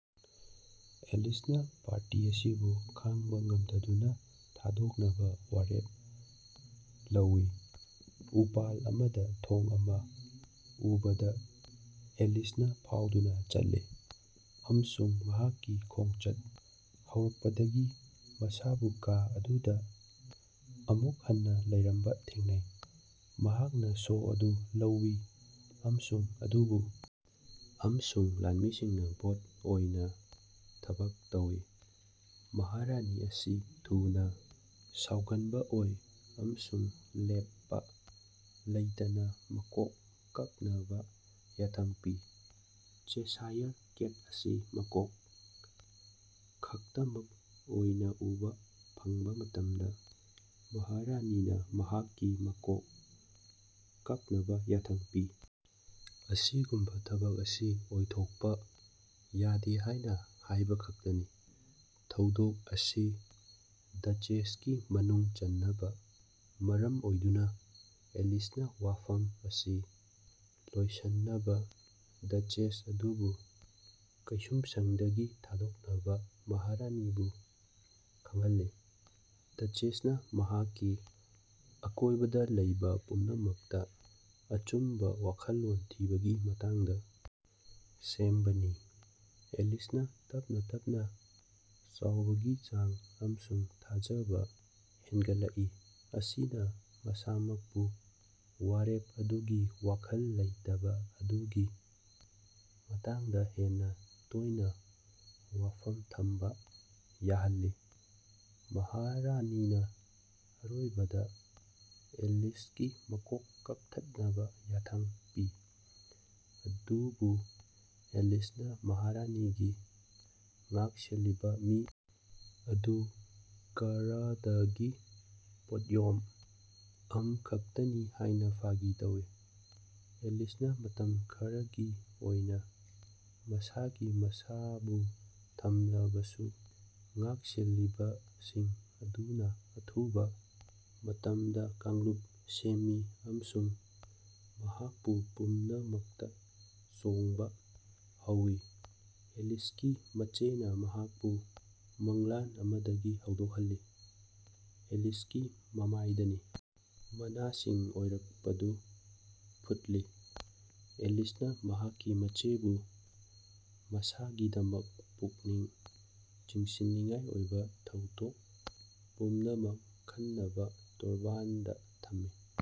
ꯑꯦꯂꯤꯁꯅ ꯄꯥꯔꯇꯤ ꯑꯁꯤꯕꯨ ꯈꯥꯡꯕ ꯉꯝꯗꯗꯨꯅ ꯊꯥꯗꯣꯛꯅꯕ ꯋꯥꯔꯦꯞ ꯂꯧꯋꯤ꯫ ꯎꯄꯥꯜ ꯑꯃꯗ ꯊꯣꯡ ꯑꯃ ꯎꯕꯗ, ꯑꯦꯂꯤꯁꯅ ꯐꯥꯎꯗꯨꯅ ꯆꯠꯂꯤ ꯑꯃꯁꯨꯡ ꯃꯍꯥꯛꯀꯤ ꯈꯣꯡꯆꯠ ꯍꯧꯔꯛꯄꯗꯒꯤ ꯃꯁꯥꯕꯨ ꯀꯥ ꯑꯗꯨꯗ ꯑꯃꯨꯛ ꯍꯟꯅ ꯂꯩꯔꯝꯕ ꯊꯦꯡꯅꯩ꯫ ꯃꯍꯥꯛꯅ ꯁꯣ ꯑꯗꯨ ꯂꯧꯋꯤ ꯑꯃꯁꯨꯡ ꯃꯗꯨꯕꯨ ꯑꯃꯁꯨꯡ ꯂꯥꯟꯃꯤꯁꯤꯡꯅ ꯒꯦꯠ ꯑꯣꯏꯅ ꯊꯕꯛ ꯇꯧꯏ꯫ ꯃꯍꯥꯔꯥꯅꯤ ꯑꯁꯤ ꯊꯨꯅ ꯁꯥꯎꯒꯟꯕ ꯑꯣꯏ ꯑꯃꯁꯨꯡ ꯂꯦꯞꯄ ꯂꯩꯇꯅ ꯃꯀꯣꯛ ꯀꯛꯅꯕ ꯌꯥꯊꯪ ꯄꯤ꯫ ꯆꯦꯁꯥꯌꯔ ꯀꯦꯠ ꯑꯁꯤ ꯃꯀꯣꯛ ꯈꯛꯇꯃꯛ ꯑꯣꯏꯅ ꯎꯕ ꯐꯪꯕ ꯃꯇꯝꯗ, ꯃꯍꯥꯔꯥꯅꯤꯅ ꯃꯍꯥꯛꯀꯤ ꯃꯀꯣꯛ ꯀꯛꯅꯕ ꯌꯥꯊꯪ ꯄꯤ, ꯑꯁꯤꯒꯨꯝꯕ ꯊꯕꯛ ꯑꯁꯤ ꯑꯣꯏꯊꯣꯛꯄ ꯌꯥꯗꯦ ꯍꯥꯏꯅ ꯍꯥꯏꯕꯈꯛꯇꯅꯤ꯫ ꯍꯧꯗꯣꯡ ꯑꯁꯤ ꯗꯆꯦꯁꯀꯤ ꯃꯅꯨꯡ ꯆꯟꯕꯅ ꯃꯔꯝ ꯑꯣꯏꯗꯨꯅ, ꯑꯦꯂꯤꯁꯅ ꯋꯥꯐꯝ ꯑꯁꯤ ꯂꯣꯏꯁꯤꯟꯅꯕ ꯗꯆꯦꯁ ꯑꯗꯨꯕꯨ ꯀꯩꯁꯨꯝꯁꯪꯗꯒꯤ ꯊꯥꯗꯣꯛꯅꯕ ꯃꯍꯥꯔꯥꯅꯤꯕꯨ ꯈꯪꯍꯜꯂꯤ꯫ ꯗꯆꯦꯁꯅ ꯃꯍꯥꯛꯀꯤ ꯑꯀꯣꯏꯕꯗ ꯂꯩꯕ ꯄꯨꯝꯅꯃꯛꯇ ꯑꯆꯨꯝꯕ ꯋꯥꯈꯜꯂꯣꯟ ꯊꯤꯕꯒꯤ ꯃꯇꯥꯡꯗ ꯁꯦꯝꯕꯅꯤ꯫ ꯑꯦꯂꯤꯁꯅ ꯇꯞꯅ-ꯇꯞꯅ ꯆꯥꯎꯕꯒꯤ ꯆꯥꯡ ꯑꯃꯁꯨꯡ ꯊꯥꯖꯕ ꯍꯦꯟꯒꯠꯂꯛꯏ, ꯃꯁꯤꯅ ꯃꯁꯥꯃꯛꯄꯨ ꯋꯥꯔꯦꯞ ꯑꯗꯨꯒꯤ ꯋꯥꯈꯜ ꯂꯩꯇꯕ ꯑꯗꯨꯒꯤ ꯃꯇꯥꯡꯗ ꯍꯦꯟꯅ ꯇꯣꯏꯅ ꯋꯥꯐꯝ ꯊꯝꯕ ꯌꯥꯍꯜꯂꯤ꯫ ꯃꯍꯥꯔꯥꯅꯤꯅ ꯑꯔꯣꯏꯕꯗ ꯑꯦꯂꯤꯁꯀꯤ ꯃꯀꯣꯛ ꯀꯛꯊꯠꯅꯕ ꯌꯥꯊꯪ ꯄꯤ, ꯑꯗꯨꯕꯨ ꯑꯦꯂꯤꯁꯅ ꯃꯍꯥꯔꯥꯅꯤꯒꯤ ꯉꯥꯛꯁꯦꯜꯂꯤꯕ ꯃꯤ ꯑꯗꯨ ꯀꯥꯔ꯭ꯗꯀꯤ ꯄꯣꯠꯌꯣꯝ ꯑꯃꯈꯛꯇꯅꯤ ꯍꯥꯏꯅ ꯐꯥꯒꯤ ꯇꯧꯋꯤ꯫ ꯑꯦꯂꯤꯁꯅ ꯃꯇꯝ ꯈꯔꯒꯤ ꯑꯣꯏꯅ ꯃꯁꯥꯒꯤ ꯃꯁꯥꯕꯨ ꯊꯝꯂꯕꯁꯨ ꯉꯥꯛꯁꯦꯜꯂꯤꯕꯁꯤꯡ ꯑꯗꯨꯅ ꯑꯊꯨꯕ ꯃꯇꯝꯗ ꯀꯥꯡꯂꯨꯞ ꯁꯦꯝꯃꯤ ꯑꯃꯁꯨꯡ ꯃꯍꯥꯛꯄꯨ ꯄꯨꯝꯅꯃꯛꯇ ꯆꯣꯡꯕ ꯍꯧꯋꯤ꯫ ꯑꯦꯂꯤꯁꯀꯤ ꯃꯆꯦꯅ ꯃꯍꯥꯛꯄꯨ ꯃꯪꯂꯥꯟ ꯑꯃꯗꯒꯤ ꯍꯧꯗꯣꯛꯍꯜꯂꯤ, ꯑꯦꯂꯤꯁꯀꯤ ꯃꯃꯥꯏꯗꯒꯤ ꯃꯅꯥꯁꯤꯡ ꯑꯣꯏꯔꯛꯄꯗꯨ ꯐꯨꯠꯂꯤ꯫ ꯑꯦꯂꯤꯁꯅ ꯃꯍꯥꯛꯀꯤ ꯃꯆꯦꯕꯨ ꯃꯁꯥꯒꯤꯗꯃꯛ ꯄꯨꯛꯅꯤꯡ ꯆꯤꯡꯁꯤꯟꯅꯤꯡꯉꯥꯏ ꯑꯣꯏꯕ ꯊꯧꯗꯣꯛ ꯄꯨꯝꯅꯃꯛ ꯈꯟꯅꯕ ꯇꯣꯔꯕꯥꯟꯗ ꯊꯝꯃꯤ꯫